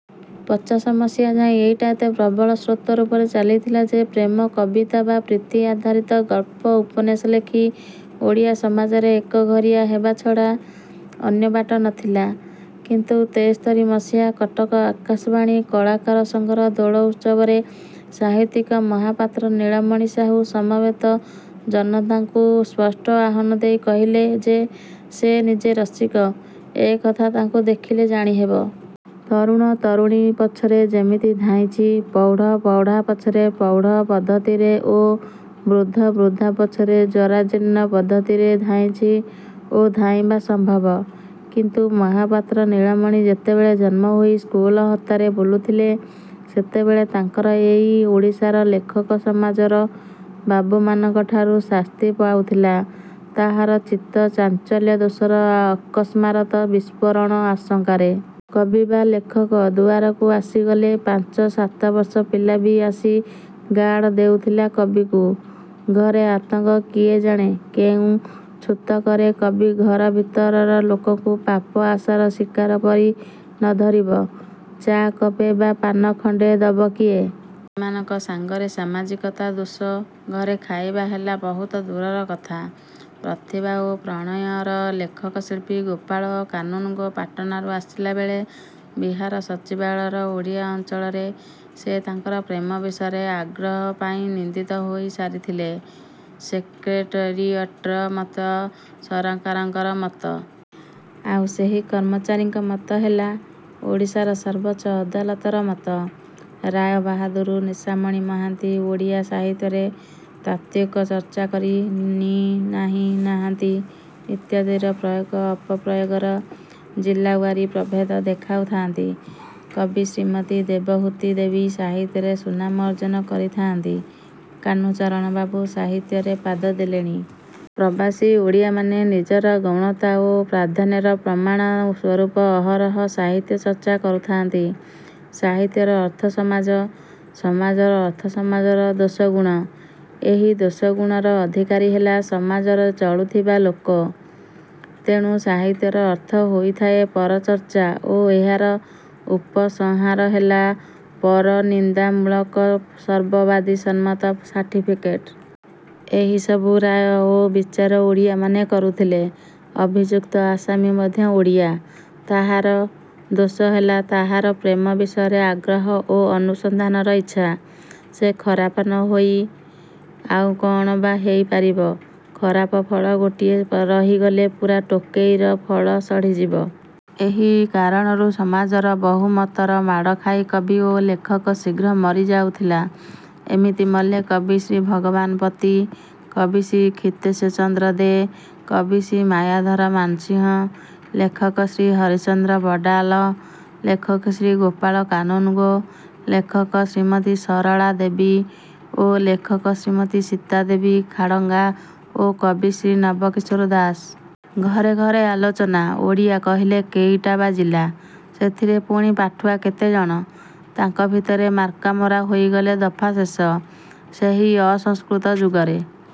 ପଚାଶ ମସିହା ଯାଏ ଏଇଟା ଏତେ ପ୍ରବଳ ସ୍ରୋତ ରୂପରେ ଚାଲିଥିଲା ଯେ ପ୍ରେମ କବିତା ବା ପ୍ରୀତି-ଆଧାରିତ ଗଳ୍ପ ଉପନ୍ୟାସ ଲେଖି ଓଡ଼ିଆ ସମାଜରେ ଏକଘରିଆ ହେବାଛଡ଼ା ଅନ୍ୟବାଟ ନ ଥିଲା। କିନ୍ତୁ ତେସ୍ତରୀ ମସିହାର କଟକ ଆକାଶବାଣୀ କଳାକାର ସଂଘର ଦୋଳ ଉତ୍ସବରେ ସାହିତ୍ୟିକ ମହାପାତ୍ର ନୀଳମଣି ସାହୁ ସମବେତ ଜନତାଙ୍କୁ ସ୍ପଷ୍ଟ ଆହ୍ୱାନ ଦେଇ କହିଲେ ଯେ ସେ ନିଜେ ରସିକ-ଏକଥା ତାଙ୍କୁ ଦେଖିଲେ ଜାଣିହେବ। ତରୁଣ ତରୁଣୀ ପଛରେ ଯେମିତି ଧାଇଁଛି ପ୍ରୌଢ଼ ପ୍ରୌଢ଼ା ପଛରେ ପ୍ରୌଢ଼ ପଦ୍ଧତିରେ ଓ ବୃଦ୍ଧ ବୃଦ୍ଧା ପଛରେ ଜରାଜୀର୍ଣ୍ଣ ପଦ୍ଧତିରେ ଧାଇଁଛି ଓ ଧାଇଁବା ସମ୍ଭବ। କିନ୍ତୁ ମହାପାତ୍ର ନୀଳମଣି ଯେତେବେଳେ ଜନ୍ମ ହୋଇ ସ୍କୁଲ ହତାରେ ବୁଲୁଥିଲେ ସେତେବେଳେ ତାଙ୍କର ଏଇ ଓଡ଼ିଶାରେ ଲେଖକ ସମାଜର ବାବୁମାନଙ୍କଠାରୁ ଶାସ୍ତି ପାଉଥିଲା-ତାହାର ଚିତ୍ତ ଚାଞ୍ଚଲ୍ୟ ଦୋଷର ଅକସ୍ମାରତ ବିସ୍ଫୋରଣ ଆଶଙ୍କାରେ। କବି ବା ଲେଖକ ଦୁଆରକୁ ଆସିଗଲେ ପାଞ୍ଚ ସାତବର୍ଷ ପିଲା ବି ଆସି ଗାର୍ଡ଼ ଦେଉଥିଲା କବିକୁ। ଘରେ ଆତଙ୍କ-କିଏ ଜାଣେ କେଉଁ ଛୁତକରେ କବି ଘର ଭିତରର ଲୋକଙ୍କୁ ପାପ ଆଶାର ଶିକାର ପରି ନ ଧରିବ? ଚା' କପେ ବା ପାନ ଖଣ୍ତେ ଦବ କିଏ? ଏମାନଙ୍କ ସାଙ୍ଗରେ ସାମାଜିକତା ଦୋଷ। ଘରେ ଖାଇବା ହେଲା ବହୁତ ଦୂରର କଥା। ପ୍ରତିଭା ଓ ପ୍ରଣୟର ଲେଖକ ଶିଳ୍ପୀ ଗୋପାଳ କାନୁନଗୋ ପାଟନାରୁ ଆସିଲାବେଳେ ବିହାର ସଚିବାଳୟର ଓଡ଼ିଆ ଅଞ୍ଚଳରେ ସେ ତାଙ୍କର ପ୍ରେମ ବିଷୟର ଆଗ୍ରହ ପାଇଁ ନିନ୍ଦିତ ହୋଇ ସାରିଥିଲେ। ସେକ୍ରେଟରିଏଟ୍ର ମତ ସରକାରଙ୍କର ମତ। ଆଉ ସେହି କର୍ମଚାରୀଙ୍କର ମତ ହେଲା ଓଡ଼ିଶାର ସର୍ବୋଚ୍ଚ ଅଦାଲତର ମତ। ରାୟ ବାହାଦୁର ନିଶାମଣି ମହାନ୍ତି ଓଡ଼ିଆ ସାହିତ୍ୟର ତାତ୍ତ୍ୱିକ ଚର୍ଚ୍ଚାକରି ନି-ନାହିଁ-ନାହାନ୍ତି ଇତ୍ୟାଦିର ପ୍ରୟୋଗ ଅପପ୍ରୟୋଗର ଜିଲ୍ଲାୱାରୀ ପ୍ରଭେଦ ଦେଖାଉଥାନ୍ତି। କବି ଶ୍ରୀମତୀ ଦେବହୂତି ଦେବୀ ସାହିତ୍ୟରେ ସୁନାମ ଅର୍ଜନ କରିଥାନ୍ତି। କାହ୍ନୁଚରଣବାବୁ ସାହିତ୍ୟରେ ପାଦ ଦେଲେଣି। ପ୍ରବାସୀ ଓଡ଼ିଆମାନେ ନିଜର ଗୌଣତା ଓ ପ୍ରାଧାନ୍ୟର ପ୍ରମାଣ ସ୍ୱରୂପ ଅହରହ ସାହିତ୍ୟ ଚର୍ଚ୍ଚା କରୁଥାନ୍ତି। ସାହିତ୍ୟର ଅର୍ଥ ସମାଜ। ସମାଜର ଅର୍ଥ ସମାଜର ଦୋଷ ଗୁଣ। ଏହି ଦୋଷଗୁଣର ଅଧିକାରୀ ହେଲା ସମାଜରେ ଚଳୁଥିବା ଲୋକ। ତେଣୁ ସାହିତ୍ୟର ଅର୍ଥ ହୋଇଥାଏ ପରଚର୍ଚ୍ଚା ଓ ଏହାର ଉପସଂହାର ହେଲା ପରନିନ୍ଦାମୂଳକ ସର୍ବବାଦୀ ସମ୍ମତ ସାର୍ଟିଫିକେଟ। ଏହିସବୁ ରାୟ ଓ ବିଚାର ଓଡ଼ିଆମାନେ କରୁଥିଲେ। ଅଭିଯୁକ୍ତ ଆସାମୀ ମଧ୍ୟ ଓଡ଼ିଆ। ତାହାର ଦୋଷ ହେଲା ତାହାର ପ୍ରେମ ବିଷୟରେ ଆଗ୍ରହ ଓ ଅନୁସନ୍ଧାନର ଇଚ୍ଛା। ସେ ଖରାପ ନ ହୋଇ ଆଉ କ'ଣ ବା ହେଇ ପାରିବ? ଖରାପ ଫଳ ଗୋଟାଏ ରହିଗଲେ ପୁରା ଟୋକେଇର ଫଳ ସଢ଼ିଯିବ। ଏହି କାରଣରୁ ସମାଜର ବହୁ ମତର ମାଡ଼ ଖାଇ କବି ଓ ଲେଖକ ଶୀଘ୍ର ମରିଯାଉଥିଲା। ଏମିତି ମଲେ କବି ଶ୍ରୀ ଭଗବାନ ପତି, କବି ଶ୍ରୀ କ୍ଷିତୀଶ ଚନ୍ଦ୍ର ଦେ, କବି ଶ୍ରୀ ମାୟାଧର ମାନସିଂହ, ଲେଖକ ଶ୍ରୀ ହରିଶ୍ଚନ୍ଦ୍ର ବଡ଼ାଲ, ଲେଖକ ଶ୍ରୀ ଗୋପାଳ କାନୁନଗୋ, ଲେଖକ ଶ୍ରୀମତୀ ସରଳା ଦେବୀ ଓ ଲେଖକ ଶ୍ରୀମତୀ ସୀତା ଦେବୀ ଖାଡ଼ଙ୍ଗା ଓ କବି ଶ୍ରୀ ନବ କିଶୋର ଦାସ। ଘରେ ଘରେ ଆଲୋଚନା। ଓଡ଼ିଶା କହିଲେ କେଇଟା ବା ଜିଲ୍ଲା-ସେଥିରେ ପୁଣି ପାଠୁଆ କେତେ ଜଣ? ତାଙ୍କ ଭିତରେ ମାର୍କାମରା ହେଇଗଲେ ଦଫା ଶେଷ। ସେହି ଅସଂସ୍କୃତ ଯୁଗରେ